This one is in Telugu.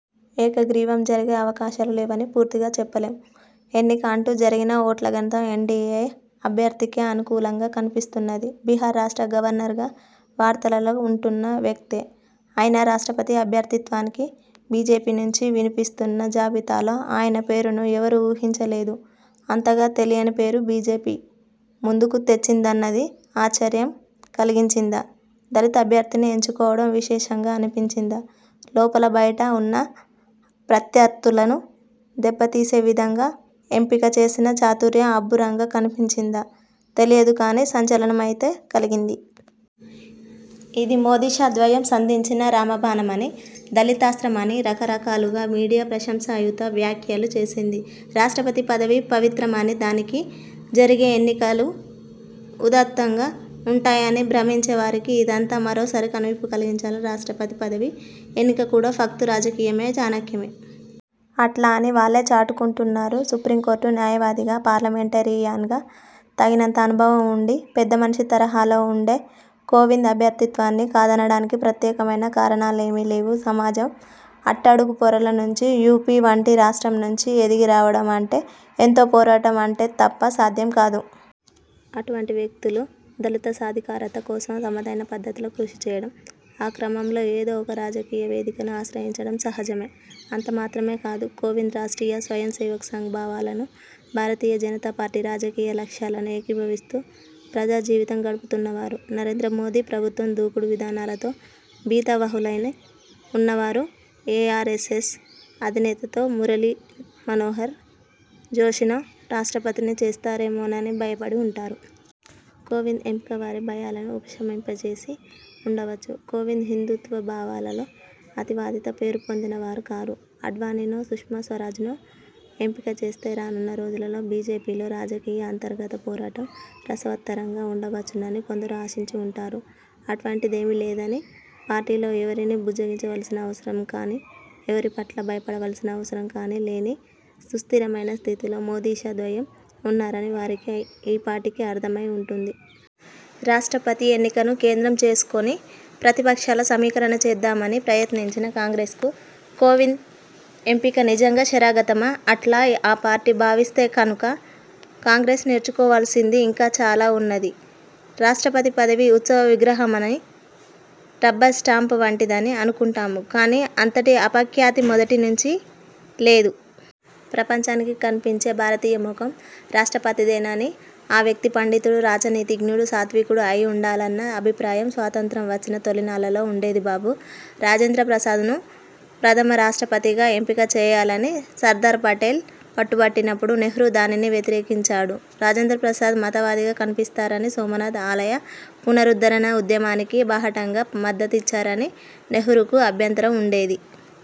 ఏకగ్రీవం జరిగే అవకాశాలు లేవని పూర్తిగా చెప్పలేము, ఎన్నిక అంటూ జరిగినా ఓట్ల గణితం ఎన్డీఏ అభ్యర్థికే అనుకూలంగా కనిపిస్తున్నది. బిహార్ రాష్ట్ర గవర్నర్గా వార్తలలో ఉంటున్న వ్యక్తే అయినా, రాష్ట్రపతి అభ్యర్థిత్వానికి బీజేపీనుంచి వినిపిస్తున్న జాబితాలో ఆయన పేరును ఎవరూ ఊహించలేదు. అంతగా తెలియని పేరును బీజేపీ ముందుకు తెచ్చిందన్నది ఆశ్చర్యం కలిగించిందా, దళిత అభ్యర్థిని ఎంచుకోవడం విశేషంగా అనిపించిందా, లోపలా బయటా ఉన్న ప్రత్యర్థులను దెబ్బతీసేవిధంగా ఎంపిక చేసిన చాతుర్యం అబ్బురంగా కనిపించిందా– తెలియదు కానీ, సంచలనమైతే కలిగింది. ఇది మోదీ–షా ద్వయం సంధించిన రామబాణమని, దళితాస్త్రం అని రకరకాలుగా మీడియా ప్రశంసాయుత వ్యాఖ్యలు చేసింది. రాష్ట్రపతి పదవి పవిత్రమని, దానికి జరిగే ఎన్నికలు ఉదాత్తంగా ఉంటాయని భ్రమించే వారికి ఇదంతా మరోసారి కనువిప్పు కలిగించాలి. రాష్ట్రపతి పదవి ఎన్నిక కూడా ఫక్తు రాజకీయమే, చాణక్యమే. అట్లా అని వాళ్లే చాటుకుంటున్నారు. సుప్రీంకోర్టు న్యాయవాదిగా, పార్లమెంటేరియన్గా తగినంత అనుభవం ఉండి, పెద్దమనిషి తరహాలో ఉండే కోవింద్ అభ్యర్థిత్వాన్ని కాదనడానికి ప్రత్యేకమైన కారణాలేమీలేవు. సమాజం అట్టడుగు పొరల నుంచి యూపీ వంటి రాష్ట్రం నుంచి ఎదిగి రావడం అంటే ఎంతో పోరాటం ఉంటే తప్ప సాధ్యం కాదు. అటువంటి వ్యక్తులు, దళిత సాధికారత కోసం తమదైన పద్ధతిలో కృషిచేయడం, ఆ క్రమంలో ఏదో ఒక రాజకీయ వేదికను ఆశ్రయించడం సహజమే. అంతమాత్రమే కాదు, కోవింద్ రాష్ర్టీయ స్వయంసేవక్ సంఘ్ భావాలను, భారతీయ జనతాపార్టీ రాజకీయ లక్ష్యాలను ఏకీభవిస్తూ ప్రజాజీవితం గడుపుతున్నవారు. నరేంద్రమోదీ ప్రభుత్వం దూకుడు విధానాలతో భీతావహులై ఉన్నవారు ఏ ఆర్ఎస్ఎస్ అధినేతనో, మురళీమనోహర్ జోషినో రాష్ట్రపతిని చేస్తారేమోనని భయపడి ఉంటారు. కోవింద్ ఎంపిక వారి భయాలను ఉపశమింపజేసి ఉండవచ్చు. కోవింద్ హిందూత్వ భావాలలో అతివాదిగా పేరుపొందినవారు కారు. ఆడ్వాణీనో సుష్మా స్వరాజ్నో ఎంపిక చేస్తే, రానున్న రోజులలో బీజేపీలో రాజకీయ అంతర్గత పోరాటం రసవత్తరంగా ఉండవచ్చునని కొందరు ఆశించి ఉంటారు. అటువంటిదేమీ లేదని, పార్టీలో ఎవరినీ బుజ్జగించవలసిన అవసరంకానీ, ఎవరిపట్లా భయపడవలసిన అవసరం కానీ లేని సుస్థిరమైన స్థితిలో మోదీ–షా ద్వయం ఉన్నారని వారికి ఈ పాటికి అర్థమై ఉంటుంది. రాష్ట్రపతి ఎన్నికను కేంద్రం చేసుకుని ప్రతిపక్షాల సమీకరణ చేద్దామని ప్రయత్నించిన కాంగ్రెస్కు– కోవింద్ ఎంపిక నిజంగా శరాఘాతమా? అట్లా ఆ పార్టీ భావిస్తే కనుక, కాంగ్రెస్ నేర్చుకోవలసింది ఇంకా చాలా ఉన్నది. రాష్ట్రపతి పదవి ఉత్సవ విగ్రహమని, రబ్బర్ స్టాంప్ వంటిదని అనుకుంటాము కానీ, అంతటి అపఖ్యాతి మొదటి నుంచి లేదు. ప్రపంచానికి కనిపించే భారతీయ ముఖం రాష్ట్రపతిదేనని, ఆ వ్యక్తి పండితుడు, రాజనీతిజ్ఞుడు, సాత్వికుడు అయి ఉండాలన్న అభిప్రాయం స్వాతంత్య్రం వచ్చిన తొలినాళ్లలో ఉండేది. బాబూ రాజేంద్రప్రసాద్ను ప్రథమ రాష్ట్రపతిగా ఎంపిక చేయాలని సర్దార్పటేల్ పట్టుపట్టినప్పుడు, నెహ్రూ దానిని వ్యతిరేకించాడు. రాజేంద్రప్రసాద్ మతవాదిగా కనిపిస్తారని, సోమనాథ్ ఆలయ పునరుద్ధరణఉద్యమానికి బాహాటంగా మద్దతు ఇచ్చారని నెహ్రూకు అభ్యంతరం ఉండేది.